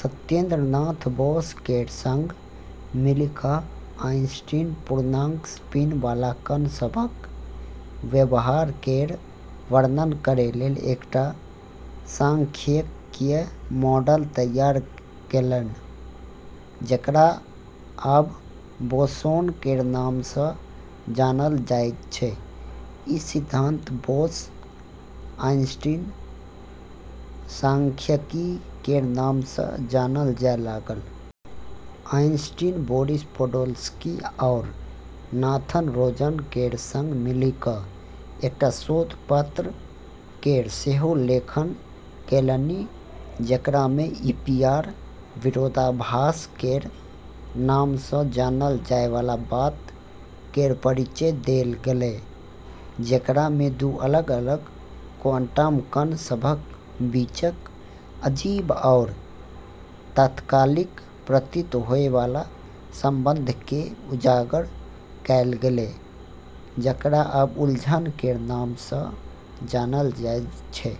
सत्येन्द्र नाथ बोस केर संग मिलि कऽ आइंस्टीन पूर्णांक स्पिनवाला कण सभक व्यवहार केर वर्णन करै लेल एकटा सांख्यिकीय मॉडल तैयार केलनि, जेकरा आब 'बोसोन' केर नामसँ जानल जाइत छै। ई सिद्धांत 'बोस-आइंस्टीन सांख्यिकी' केर नामसँ जानल जाए लागल। आइंस्टीन बोरिस पोडोल्स्की आओर नाथन रोजन केर संग मिलि कऽ एकटा शोध पत्र केर सह-लेखन केलनि, जेकरामे "ईपीआर विरोधाभास" केर नामसँ जानल जाएवाला बात केर परिचय देल गेलै, जेकरामे दू अलग-अलग क्वांटम कण सभक बीचक अजीब आओर तात्कालिक प्रतीत होएवाला संबंधकेँ उजागर कएल गेलै, जेकरा आब उलझन केर नामसँ जानल जाइत छै।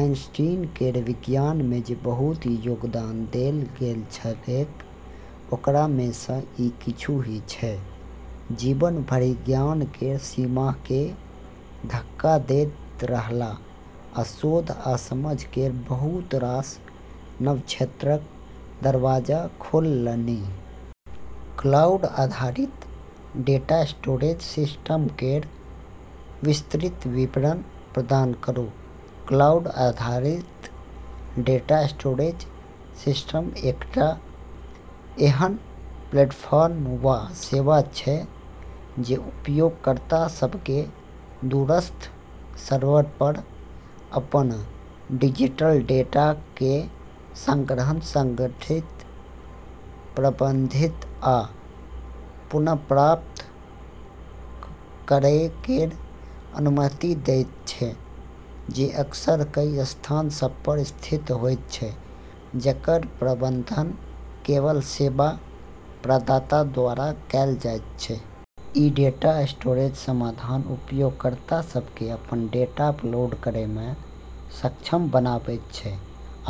आइंस्टीन केर विज्ञानमे जे बहुत योगदान देल गेल छलैक, ओकरामेसँ ई किछु ही छै। जीवन भरि ज्ञान केर सीमाकेँ धक्का दैत रहलाह आ शोध आ समझ केर बहुत रास नव क्षेत्रक दरवाजा खोललनि। क्लाउड आधारित डेटा स्टोरेज सिस्टम केर विस्तृत विवरण प्रदान करू। क्लाउड आधारित डेटा स्टोरेज सिस्टम एकटा एहन प्लेटफॉर्म वा सेवा छै जे उपयोगकर्ता सभकेँ दूरस्थ सर्वरपर अपन डिजिटल डेटाकेँ संग्रहण, संगठित, प्रबंधित आ पुनर्प्राप्त करै केर अनुमति दैत छै जे अक्सर कई स्थान सभपर स्थित होइत छै, जेकर प्रबंधन केवल सेवा प्रदाताद्वारा कएल जाइत छै। ई डेटा स्टोरेज समाधान उपयोगकर्ता सभकेँ अपन डेटा अपलोड करैमे सक्षम बनाबैत छै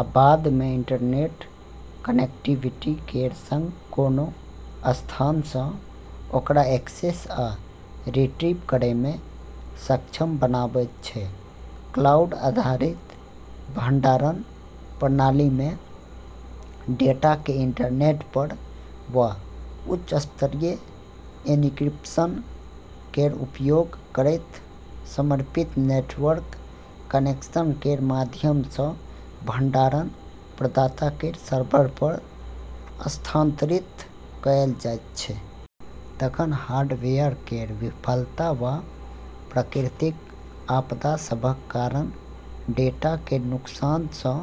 आ बादमे इंटरनेट कनेक्टिविटी केर संग कोनो स्थानसँ ओकरा एक्सेस आ रिट्रीव करैमे सक्षम बनाबैत छै। क्लाउड आधारित भंडारण प्रणालीमे, डेटाकेँ इंटरनेटपर वा उच्च स्तरीय एन्क्रिप्शन केर उपयोग करैत समर्पित नेटवर्क कनेक्शन केर माध्यमसँ भंडारण प्रदाता केर सर्वरपर स्थानांतरित कएल जाइत छै। तखन हार्डवेयर केर विफलता वा प्राकृतिक आपदा सभक कारण डेटा केर नुकसानसँ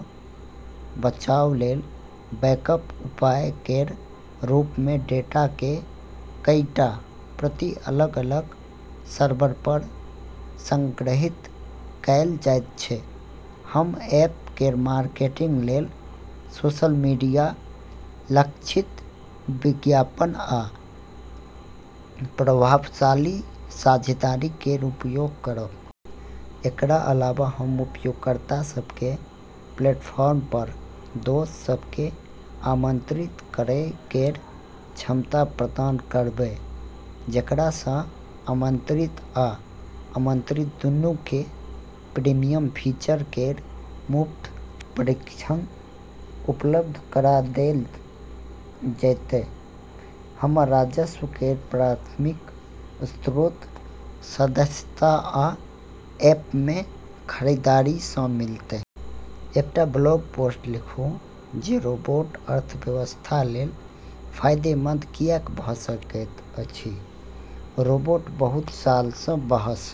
बचाव लेल बैकअप उपाय केर रूपमे डेटाकेँ कईटा प्रति अलग-अलग सर्वरपर संग्रहित कएल जाइत छै। हम ऐप केर मार्केटिंग लेल सोशल मीडिया, लक्षित विज्ञापन, आ प्रभावशाली साझेदारी केर उपयोग करब। एकरा अलावा, हम उपयोगकर्ता सभकेँ प्लेटफॉर्मपर दोस्त सभकेँ आमंत्रित करै केर क्षमता प्रदान करबै, जेकरासँ आमंत्रित आ आमंत्रित दूनूकेँ प्रीमियम फीचर केर मुफ्त परीक्षण उपलब्ध करा देल जैतै। हमर राजस्व केर प्राथमिक स्रोत सदस्यता आ ऐपमे खरीदारीसँ मिलतै। एकटा ब्लॉग पोस्ट लिखू जे रोबोट अर्थव्यवस्था लेल फायदेमंद किऐक भऽ सकैत अछि। रोबोट बहुत सालसँ बहस।